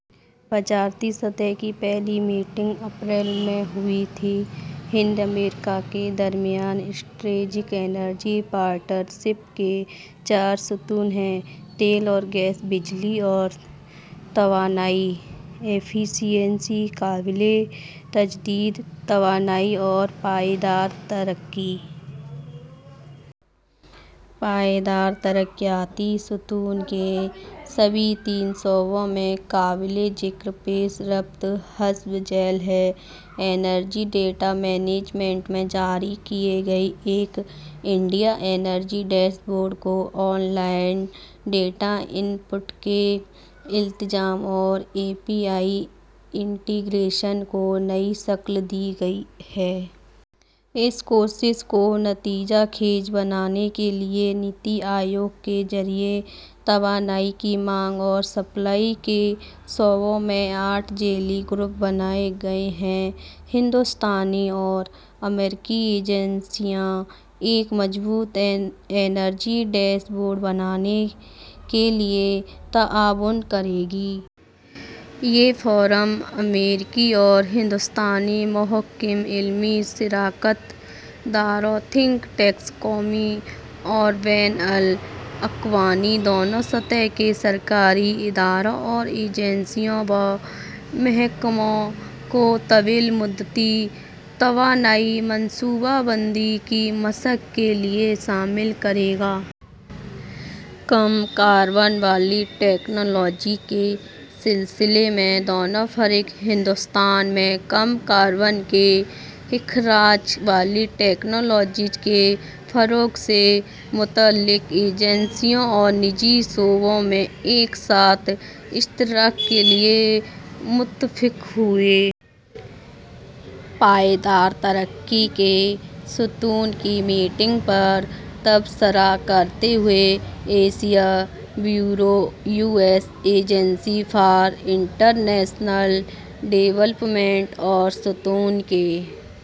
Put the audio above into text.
وزارتی سطح کی پہلی میٹنگ اپریل میں ہوئی تھی۔ ہند امریکہ کے درمیان اسٹریٹیجک انرجی پارٹنرشپ کے چار ستون ہیں: تیل اور گیس، بجلی اور توانائی ایفیشنسی، قابل تجدید توانائی اور پائیدار ترقی۔ پائیدار ترقیاتی ستون کے سبھی تین شعبوں میں قابل ذکر پیش رفت حسب ذیل ہے۔ انرجی ڈیٹا مینجمنٹ میں جاری کیے گئے ایک انڈیا انرجی ڈیش بورڈ کو online data input کے التزام اور اے پی آئی انٹیگریشن کو نئی شکل دی گئی ہے۔ اس کوشش کو نتیجہ خیز بنانے کے لیے نیتی آیوگ کے ذریعے توانائی کی مانگ اور سپلائی کے شعبوں میں آٹھ ذیلی گروپ بنائے گئے ہیں۔ ہندوستانی اور امریکی ایجنسیاں ایک مضبوط انرجی ڈیش بورڈ بنانے کے لیے تعاون کریں گی۔ یہ فورم امریکی اور ہندوستانی محققین، علمی شراکت داروں، تھنک ٹینکس، قومی اور بین الاقوامی دونوں سطح کے سرکاری اداروں اور ایجنسیوں و محکموں کو طویل مدتی توانائی منصوبہ بندی کی مشق کے لیے شامل کرے گا۔ کم کاربن والی ٹیکنالوجی کے سلسلے میں دونوں فریق ہندوستان میں کم کاربن کے اخراج والی ٹیکنالوجیز کے فروغ سے متعلق ایجنسیوں اور نجی شعبوں میں ایک ساتھ اشتراک کے لیے متفق ہوئے۔ پائیدار ترقی کے ستون کی میٹنگ پر تبصرہ کرتے ہوئے، Asia bureau, U S agency for international development اور ستون کے...